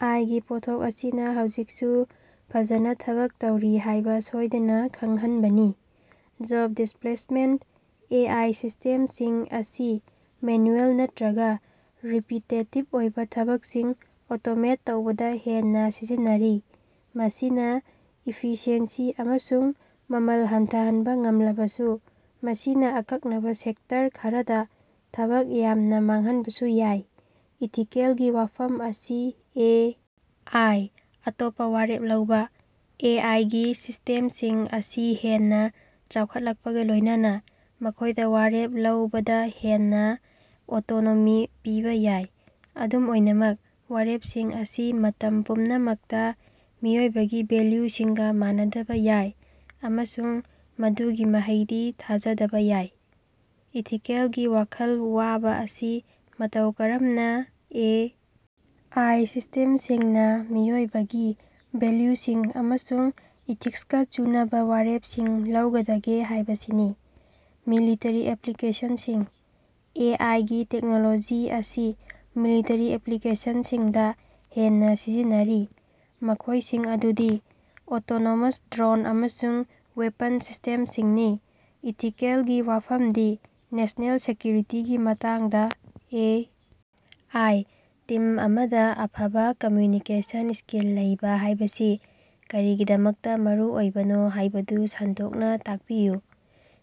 ꯑꯥꯏ. ꯒꯤ ꯄꯣꯠꯊꯣꯛ ꯑꯁꯤꯅ ꯍꯧꯖꯤꯛꯁꯨ ꯐꯖꯅꯥ ꯊꯕꯛ ꯇꯧꯔꯤ ꯍꯥꯏꯕ ꯁꯣꯏꯗꯅ ꯈꯪꯍꯟꯕꯅꯤ꯫ ꯖꯕ ꯗꯤꯁꯄꯂꯦꯁꯃꯦꯟꯇ: ꯑꯦ. ꯑꯥꯏ. ꯁꯤꯁ꯭ꯇꯦꯝꯁꯤꯡ ꯑꯁꯤ ꯃꯦꯅꯨꯑꯦꯜ ꯅꯠꯇꯔꯒ ꯔꯤꯄꯤꯇꯦꯇꯤꯕ ꯑꯣꯏꯕ ꯊꯕꯛꯁꯤꯡ ꯑꯣꯇꯣꯃꯦꯠ ꯇꯧꯕꯗ ꯍꯦꯟꯅ ꯁꯤꯖꯤꯟꯅꯔꯤ꯫ ꯃꯁꯤꯅ ꯏꯐꯤꯁꯤꯑꯦꯟꯁꯤ ꯑꯃꯁꯨꯡ ꯃꯃꯜ ꯍꯟꯊꯍꯟꯕ ꯉꯝꯂꯕꯁꯨ, ꯃꯁꯤꯅ ꯑꯀꯛꯅꯕꯥ ꯁꯦꯛꯇꯔ ꯈꯔꯗꯥ ꯊꯕꯛ ꯌꯥꯝꯅ ꯃꯥꯡꯍꯟꯕꯁꯨ ꯌꯥꯏ꯫ ꯏꯊꯤꯀꯦꯜꯒꯤ ꯋꯥꯐꯝ ꯑꯁꯤ ꯑꯦ. ꯑꯥꯏ. ꯑꯇꯣꯞꯄꯥ ꯋꯥꯔꯦꯞ ꯂꯧꯕ: ꯑꯦ. ꯑꯥꯏ. ꯒꯤ ꯁꯤꯁ꯭ꯇꯦꯝꯁꯤꯡ ꯑꯁꯤ ꯍꯦꯟꯅ ꯆꯥꯎꯈꯠꯂꯛꯄꯒꯥ ꯂꯣꯏꯅꯅꯥ ꯃꯈꯣꯏꯗꯥ ꯋꯥꯔꯦꯞ ꯂꯧꯕꯗꯥ ꯍꯦꯟꯅꯥ ꯑꯣꯇꯣꯅꯣꯃꯤ ꯄꯤꯕꯥ ꯌꯥꯏ꯫ ꯑꯗꯨꯝ ꯑꯣꯏꯅꯃꯛ, ꯋꯥꯔꯦꯞꯁꯤꯡ ꯑꯁꯤ ꯃꯇꯝ ꯄꯨꯝꯅꯃꯛꯇꯥ ꯃꯤꯑꯣꯏꯕꯒꯤ ꯚꯦꯜꯌꯨꯁꯤꯡꯒꯥ ꯃꯥꯟꯅꯗꯕꯥ ꯌꯥꯏ, ꯑꯃꯁꯨꯡ ꯃꯗꯨꯒꯤ ꯃꯍꯩꯗꯤ ꯊꯥꯖꯗꯕ ꯌꯥꯏ꯫ ꯏꯊꯤꯀꯦꯜꯒꯤ ꯋꯥꯈꯜ ꯋꯥꯕ ꯑꯁꯤ ꯃꯇꯧ ꯀꯔꯝꯅꯥ ꯑꯦ. ꯑꯥꯏ. ꯁꯤꯁ꯭ꯇꯦꯝꯁꯤꯡꯅ ꯃꯤꯑꯣꯏꯕꯒꯤ ꯚꯦꯜꯌꯨꯁꯤꯡ ꯑꯃꯁꯨꯡ ꯏꯊꯤꯛꯁꯀꯥ ꯆꯨꯅꯕꯥ ꯋꯥꯔꯦꯞꯁꯤꯡ ꯂꯧꯒꯗꯒꯦ ꯍꯥꯏꯕꯁꯤꯅꯤ꯫ ꯃꯤꯂꯤꯇꯔꯤ ꯑꯦꯞꯂꯤꯀꯦꯁꯟꯁꯤꯡ: ꯑꯦ. ꯑꯥꯏ. ꯒꯤ ꯇꯦꯛꯅꯣꯂꯣꯖꯤ ꯑꯁꯤ ꯃꯤꯂꯤꯇꯔꯤ ꯑꯦꯞꯂꯤꯀꯦꯁꯟꯁꯤꯡꯗꯥ ꯍꯦꯟꯅꯥ ꯁꯤꯖꯤꯟꯅꯔꯤ, ꯃꯈꯣꯏꯁꯤꯡ ꯑꯗꯨꯗꯤ ꯑꯣꯇꯣꯅꯣꯃꯁ ꯗ꯭ꯔꯣꯟ ꯑꯃꯁꯨꯡ ꯋꯦꯄꯟ ꯁꯤꯁ꯭ꯇꯦꯝꯁꯤꯡꯅꯤ꯫ ꯏꯊꯤꯀꯦꯜꯒꯤ ꯋꯥꯐꯝꯗꯤ ꯅꯦꯁ꯭ꯅꯦꯜ ꯁꯦꯀꯌꯨꯔꯤꯇꯤꯒꯤ ꯃꯇꯥꯡꯗ ꯑꯦ. ꯑꯥꯏ꯫ ꯇꯤꯝ ꯑꯃꯗ ꯑꯐꯕ ꯀꯝꯃꯌꯨꯅꯤꯀꯦꯁꯟ ꯁ꯭ꯀꯤꯜ ꯂꯩꯕ ꯍꯥꯏꯕꯁꯤ ꯀꯔꯤꯒꯤꯗꯃꯛꯇꯥ ꯃꯔꯨꯑꯣꯏꯕꯅꯣ ꯍꯥꯏꯕꯗꯨ ꯁꯟꯗꯣꯛꯅ ꯇꯥꯛꯄꯤꯌꯨ꯫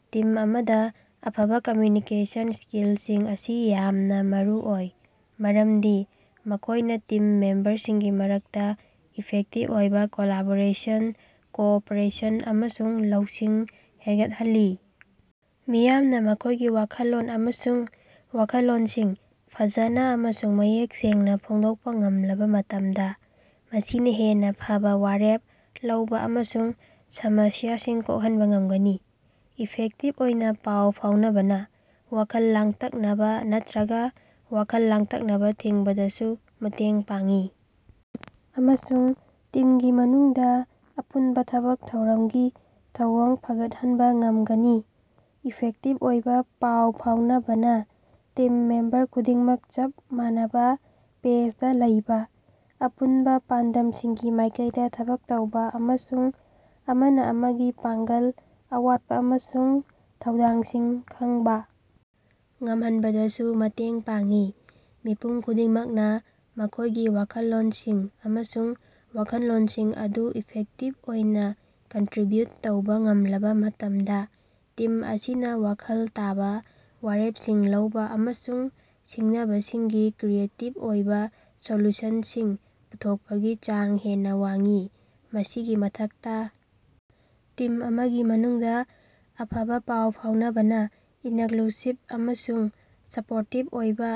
ꯇꯤꯝ ꯑꯃꯗ ꯑꯐꯕꯥ ꯀꯝꯃꯌꯨꯅꯤꯀꯦꯁꯟ ꯁ꯭ꯀꯤꯜꯁꯤꯡ ꯑꯁꯤ ꯌꯥꯝꯅ ꯃꯔꯨꯑꯣꯏ ꯃꯔꯝꯗꯤ ꯃꯈꯣꯌꯏꯅꯥ ꯇꯤꯝ ꯃꯦꯝꯕꯔꯁꯤꯡꯒꯤ ꯃꯔꯛꯇꯥ ꯏꯐꯦꯛꯇꯤꯕ ꯑꯣꯏꯕ ꯀꯣꯂꯥꯕꯣꯔꯦꯁꯟ, ꯀꯣꯑꯣꯄꯔꯦꯁꯟ ꯑꯃꯁꯨꯡ ꯂꯧꯁꯤꯡ ꯍꯦꯒꯠꯍꯜꯂꯤ꯫ ꯃꯤꯌꯥꯝꯅ ꯃꯈꯣꯏꯒꯤ ꯋꯥꯈꯜꯂꯣꯟ ꯑꯃꯁꯨꯡ ꯋꯥꯈꯜꯂꯣꯟꯁꯤꯡ ꯐꯖꯅ ꯑꯃꯁꯨꯡ ꯃꯌꯦꯛ ꯁꯦꯡꯅꯥ ꯐꯣꯡꯗꯣꯛꯄꯥ ꯉꯝꯂꯕꯥ ꯃꯇꯝꯗꯥ ꯃꯁꯤꯅꯥ ꯍꯦꯟꯅꯥ ꯐꯕꯥ ꯋꯥꯔꯦꯞ ꯂꯧꯕ ꯑꯃꯁꯨꯡ ꯁꯃꯁꯤꯌꯥꯁꯤꯡ ꯀꯣꯛꯍꯟꯕꯥ ꯉꯝꯒꯅꯤ꯫ ꯏꯐꯦꯛꯇꯤꯕ ꯑꯣꯏꯅ ꯄꯥꯎ ꯐꯥꯎꯅꯕꯅꯥ ꯋꯥꯈꯜ ꯂꯥꯡꯇꯛꯅꯕꯥ ꯅꯠꯇꯔꯒ ꯋꯥꯈꯜ ꯂꯥꯡꯇꯛꯅꯕꯥ ꯊꯤꯡꯕꯗꯁꯨ ꯃꯇꯦꯡ ꯄꯥꯡꯏ, ꯑꯃꯁꯨꯡ ꯇꯤꯝꯒꯤ ꯃꯅꯨꯡꯗꯥ ꯑꯄꯨꯟꯕꯥ ꯊꯕꯛ ꯊꯧꯔꯝꯒꯤ ꯊꯧꯑꯣꯡ ꯐꯒꯠꯍꯟꯕꯥ ꯉꯝꯒꯅꯤ꯫ ꯏꯐꯦꯛꯇꯤꯕ ꯑꯣꯏꯕ ꯄꯥꯎ ꯐꯥꯎꯅꯕꯅ ꯇꯤꯝ ꯃꯦꯝꯕꯔ ꯈꯨꯗꯤꯡꯃꯛ ꯆꯞ ꯃꯥꯟꯅꯕ ꯄꯦꯖꯗꯥ ꯂꯩꯕ, ꯑꯄꯨꯟꯕꯥ ꯄꯥꯟꯗꯝꯁꯤꯡꯒꯤ ꯃꯥꯏꯀꯩꯗꯥ ꯊꯕꯛ ꯇꯧꯕꯥ, ꯑꯃꯁꯨꯡ ꯑꯃꯅ ꯑꯃꯒꯤ ꯄꯥꯡꯒꯜ, ꯑꯋꯥꯠꯄ ꯑꯃꯁꯨꯡ ꯊꯧꯗꯥꯡꯁꯤꯡ ꯈꯪꯕꯥ ꯉꯝꯍꯟꯕꯗꯁꯨ ꯃꯇꯦꯡ ꯄꯥꯡꯏ꯫ ꯃꯤꯄꯨꯝ ꯈꯨꯗꯤꯡꯃꯛꯅꯥ ꯃꯈꯣꯏꯒꯤ ꯋꯥꯈꯜꯂꯣꯟꯁꯤꯡ ꯑꯃꯁꯨꯡ ꯋꯥꯈꯜꯂꯣꯟꯁꯤꯡ ꯑꯗꯨ ꯏꯐꯦꯛꯇꯤꯕ ꯑꯣꯏꯅ ꯀꯟꯇꯔꯤꯕ꯭ꯌꯨꯠ ꯇꯧꯕ ꯉꯝꯂꯕꯥ ꯃꯇꯝꯗ, ꯇꯤꯝ ꯑꯁꯤꯅ ꯋꯥꯈꯜ ꯇꯥꯕ ꯋꯥꯔꯦꯞꯁꯤꯡ ꯂꯧꯕ ꯑꯃꯁꯨꯡ ꯁꯤꯡꯅꯕꯁꯤꯡꯒꯤ ꯀ꯭ꯔꯤꯌꯦꯇꯤꯕ ꯑꯣꯏꯕ ꯁꯣꯂꯨꯁꯟꯁꯤꯡ ꯄꯨꯊꯣꯛꯄꯒꯤ ꯆꯥꯡ ꯍꯦꯟꯅꯥ ꯋꯥꯡꯏ꯫ ꯃꯁꯤꯒꯤ ꯃꯊꯛꯇꯥ, ꯇꯤꯝ ꯑꯃꯒꯤ ꯃꯅꯨꯡꯗꯥ ꯑꯐꯕꯥ ꯄꯥꯎ ꯐꯥꯎꯅꯕꯅ ꯏꯅꯛꯂꯨꯁꯤꯕ ꯑꯃꯁꯨꯡ ꯁꯄꯣꯔꯇꯤꯕ ꯑꯣꯏꯕ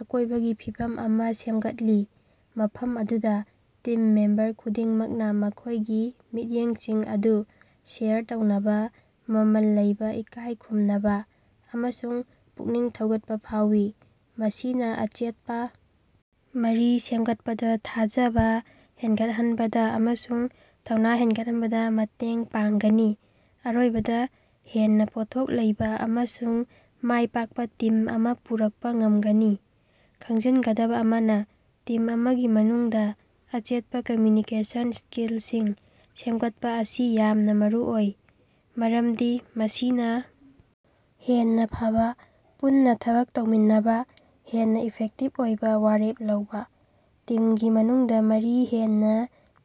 ꯑꯀꯣꯏꯕꯒꯤ ꯐꯤꯕꯝ ꯑꯃ ꯁꯦꯝꯒꯠꯂꯤ, ꯃꯐꯝ ꯑꯗꯨꯗ ꯇꯤꯝ ꯃꯦꯝꯕꯔ ꯈꯨꯗꯤꯡꯃꯛꯅꯥ ꯃꯈꯣꯏꯒꯤ ꯃꯤꯠꯌꯦꯡꯁꯤꯡ ꯑꯗꯨ ꯁꯦꯌꯔ ꯇꯧꯅꯕ ꯃꯃꯜ ꯂꯩꯕ, ꯏꯀꯥꯏꯈꯨꯝꯅꯕ ꯑꯃꯁꯨꯡ ꯄꯨꯛꯅꯤꯡ ꯊꯧꯒꯠꯄꯥ ꯐꯥꯎꯏ꯫ ꯃꯁꯤꯅ ꯑꯆꯦꯠꯄꯥ ꯃꯔꯤ ꯁꯦꯝꯒꯠꯄꯗꯥ, ꯊꯥꯖꯕ ꯍꯦꯒꯠꯍꯟꯕꯗ ꯑꯃꯁꯨꯡ ꯊꯧꯅ ꯍꯦꯒꯠꯍꯟꯕꯗ ꯃꯇꯦꯡ ꯄꯥꯡꯒꯅꯤ, ꯑꯔꯣꯏꯕꯗꯥ ꯍꯦꯟꯅꯥ ꯄꯣꯠꯊꯣꯛ ꯂꯩꯕ ꯑꯃꯁꯨꯡ ꯃꯥꯏꯄꯥꯛꯄ ꯇꯤꯝ ꯑꯃ ꯄꯨꯔꯛꯄꯥ ꯉꯝꯒꯅꯤ꯫ ꯈꯪꯖꯤꯟꯒꯗꯕ ꯑꯃꯅ, ꯇꯤꯝ ꯑꯃꯒꯤ ꯃꯅꯨꯡꯗ ꯑꯆꯦꯠꯄꯥ ꯀꯝꯃꯌꯨꯅꯤꯀꯦꯁꯟ ꯁ꯭ꯀꯤꯜꯁꯤꯡ ꯁꯦꯝꯒꯠꯄꯥ ꯑꯁꯤ ꯌꯥꯝꯅ ꯃꯔꯨꯑꯣꯏ, ꯃꯔꯝꯗꯤ ꯃꯁꯤꯅ ꯍꯦꯟꯅꯥ ꯐꯕꯥ ꯄꯨꯟꯅꯥ ꯊꯕꯛ ꯇꯧꯃꯤꯟꯅꯕꯥ, ꯍꯦꯟꯅꯥ ꯏꯐꯦꯛꯇꯤꯕ ꯑꯣꯏꯕ ꯋꯥꯔꯦꯞ ꯂꯧꯕ, ꯇꯤꯝꯒꯤ ꯃꯅꯨꯡꯗꯥ ꯃꯔꯤ ꯍꯦꯟꯅꯥ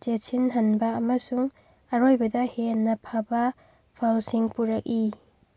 ꯆꯦꯠꯁꯤꯟꯍꯟꯕ ꯑꯃꯁꯨꯡ ꯑꯔꯣꯏꯕꯗ ꯍꯦꯟꯅ ꯐꯕꯥ ꯐꯦꯜꯁꯤꯡ ꯄꯨꯔꯛꯏ꯫